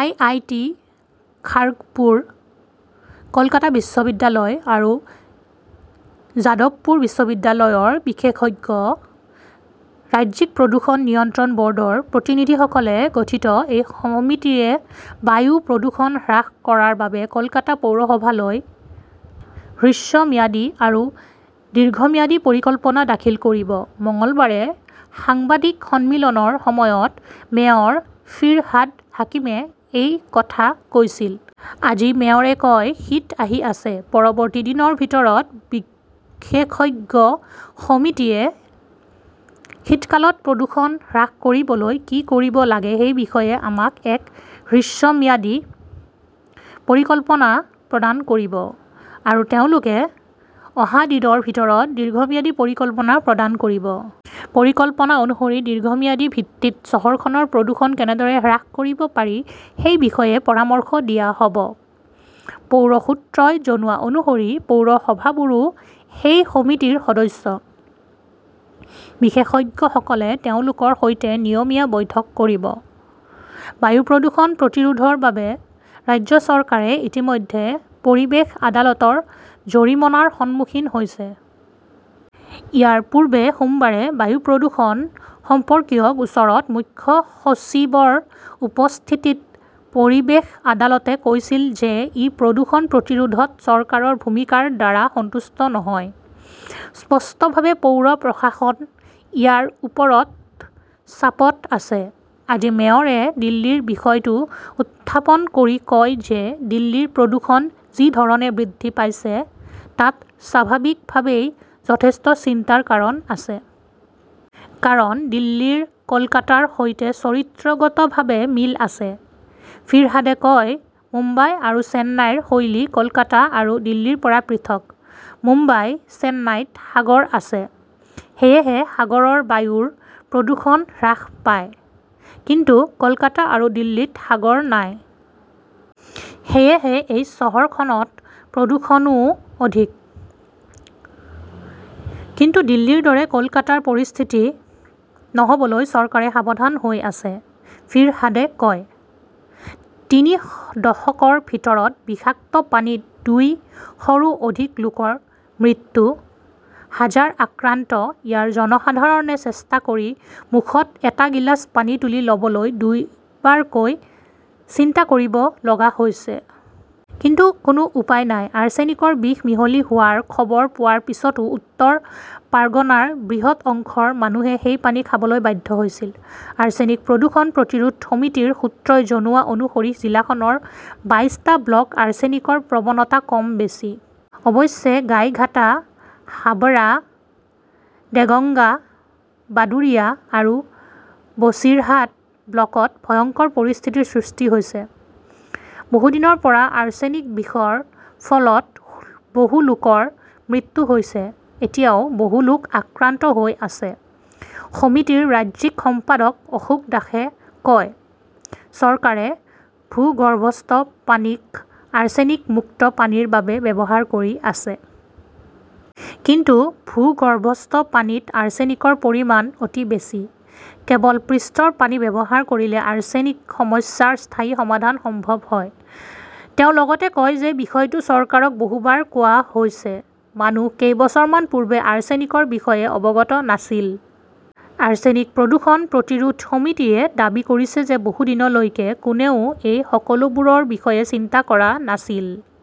I I T Kharagpur, Kolkata বিশ্ববিদ্যালয় আৰু যাদৱপুৰ বিশ্ববিদ্যালয়ৰ বিশেষজ্ঞ, ৰাজ্যিক প্ৰদূষণ নিয়ন্ত্ৰণ ব'ৰ্ডৰ প্ৰতিনিধিসকলে গঠিত এই সমিতিয়ে বায়ু প্ৰদূষণ হ্ৰাস কৰাৰ বাবে কলকাতা পৌৰসভালৈ হ্ৰস্বম্যাদী আৰু দীৰ্ঘম্যাদী পৰিকল্পনা দাখিল কৰিব। মঙলবাৰে সাংবাদিক সন্মিলনৰ সময়ত মেয়ৰ ফিৰহাদ হাকিমে এই কথা কৈছিল। আজি মেয়ৰে কয়, "শীত আহি আছে। পৰৱৰ্তী দিনৰ ভিতৰত বিশেষজ্ঞ সমিতিয়ে শীতকালত প্ৰদূষণ হ্ৰাস কৰিবলৈ কি কৰিব লাগে সেই বিষয়ে আমাক এক হ্ৰস্বম্যাদী পৰিকল্পনা প্ৰদান কৰিব। আৰু তেওঁলোকে অহা দিনৰ ভিতৰত দীৰ্ঘম্যাদী পৰিকল্পনা প্ৰদান কৰিব। পৰিকল্পনা অনুসৰি দীৰ্ঘম্যাদী ভিত্তিত চহৰখনৰ প্ৰদূষণ কেনেদৰে হ্ৰাস কৰিব পাৰি সেই বিষয়ে পৰামৰ্শ দিয়া হ'ব।" পৌৰ সূত্ৰই জনোৱা অনুসৰি পৌৰসভাবোৰো সেই সমিতিৰ সদস্য। বিশেষজ্ঞসকলে তেওঁলোকৰ সৈতে নিয়মীয়া বৈঠক কৰিব। বায়ু প্ৰদূষণ প্ৰতিৰোধৰ বাবে ৰাজ্য চৰকাৰে ইতিমধ্যে পৰিৱেশ আদালতৰ জৰিমনাৰ সন্মুখীন হৈছে। ইয়াৰ পূৰ্বে সোমবাৰে বায়ু প্ৰদূষণ সম্পৰ্কীয় গোচৰত মুখ্য সচিবৰ উপস্থিতিত পৰিৱেশ আদালতে কৈছিল যে ই প্ৰদূষণ প্ৰতিৰোধত চৰকাৰৰ ভূমিকাৰ দ্বাৰা সন্তুষ্ট নহয়। স্পষ্টভাৱে পৌৰ প্ৰশাসন ইয়াৰ ওপৰত চাপত আছে। আজি মেয়ৰে দিল্লীৰ বিষয়টো উত্থাপন কৰি কয় যে দিল্লীৰ প্ৰদূষণ যি ধৰণে বৃদ্ধি পাইছে তাত স্বাভাৱিকভাৱেই যথেষ্ট চিন্তাৰ কাৰণ আছে। কাৰণ দিল্লীৰ কলকাতাৰ সৈতে চৰিত্ৰগতভাৱে মিল আছে। ফিৰহাদে কয়, "মুম্বাই আৰু চেন্নাইৰ শৈলী কলকাতা আৰু দিল্লীৰ পৰা পৃথক। মুম্বাই, চেন্নাইত সাগৰ আছে। সেয়েহে সাগৰৰ বায়ুৰ প্ৰদূষণ হ্ৰাস পায়। কিন্তু কলকাতা আৰু দিল্লীত সাগৰ নাই। সেয়েহে এই চহৰখনত প্ৰদূষণও অধিক। কিন্তু দিল্লীৰ দৰে কলকাতাৰ পৰিস্থিতি নহ'বলৈ চৰকাৰে সাৱধান হৈ আছে ", ফিৰহাদে কয়। তিনি দশকৰ ভিতৰত বিষাক্ত পানীত দুই শৰো অধিক লোকৰ মৃত্যু, হাজাৰ আক্ৰান্ত ইয়াৰ জনসাধাৰণে চেষ্টা কৰি মুখত এটা গিলাচ পানী তুলি ল'বলৈ দুবাৰকৈ চিন্তা কৰিব লগা হৈছিল। কিন্তু কোনো উপায় নাই। আৰ্ছেনিকৰ বিষ মিহলি হোৱাৰ খবৰ পোৱাৰ পিছতো উত্তৰ পৰ্গনাৰ বৃহৎ অংশৰ মানুহে সেই পানী খাবলৈ বাধ্য হৈছিল। আৰ্ছেনিক প্ৰদূষণ প্ৰতিৰোধ সমিতিৰ সূত্ৰই জনোৱা অনুসৰি জিলাখনৰ বাইশটা ব্লক আৰ্ছেনিকৰ প্ৰৱণতা কম বেছি। অৱশ্যে, গাইঘাটা, হাবৰা, দেগঙ্গা, বাদুৰিয়া আৰু বছিৰহাট ব্লকত ভয়ংকৰ পৰিস্থিতিৰ সৃষ্টি হৈছে। বহুদিনৰ পৰা আৰ্ছেনিক বিষৰ ফলত বহু লোকৰ মৃত্যু হৈছে। এতিয়াও বহু লোক আক্ৰান্ত হৈ আছে। সমিতিৰ ৰাজ্যিক সম্পাদক অশোক দাসে কয়, "চৰকাৰে ভূগৰ্ভস্থ পানীক আৰ্ছেনিক মুক্ত পানীৰ বাবে ব্যৱহাৰ কৰি আছে। কিন্তু ভূগৰ্ভস্থ পানীত আৰ্ছেনিকৰ পৰিমাণ অতি বেছি। কেৱল পৃষ্ঠৰ পানী ব্যৱহাৰ কৰিলে আৰ্ছেনিক-সমস্যাৰ স্থায়ী সমাধান সম্ভৱ হয়।" তেওঁ লগতে কয় যে বিষয়টো চৰকাৰক বহুবাৰ কোৱা হৈছে। মানুহ কেইবছৰমান পূৰ্বে আৰ্ছেনিকৰ বিষয়ে অৱগত নাছিল। আৰ্ছেনিক প্ৰদূষণ প্ৰতিৰোধ সমিতিয়ে দাবী কৰিছে যে বহুদিনলৈকে কোনেও এই সকলোবোৰৰ বিষয়ে চিন্তা কৰা নাছিল।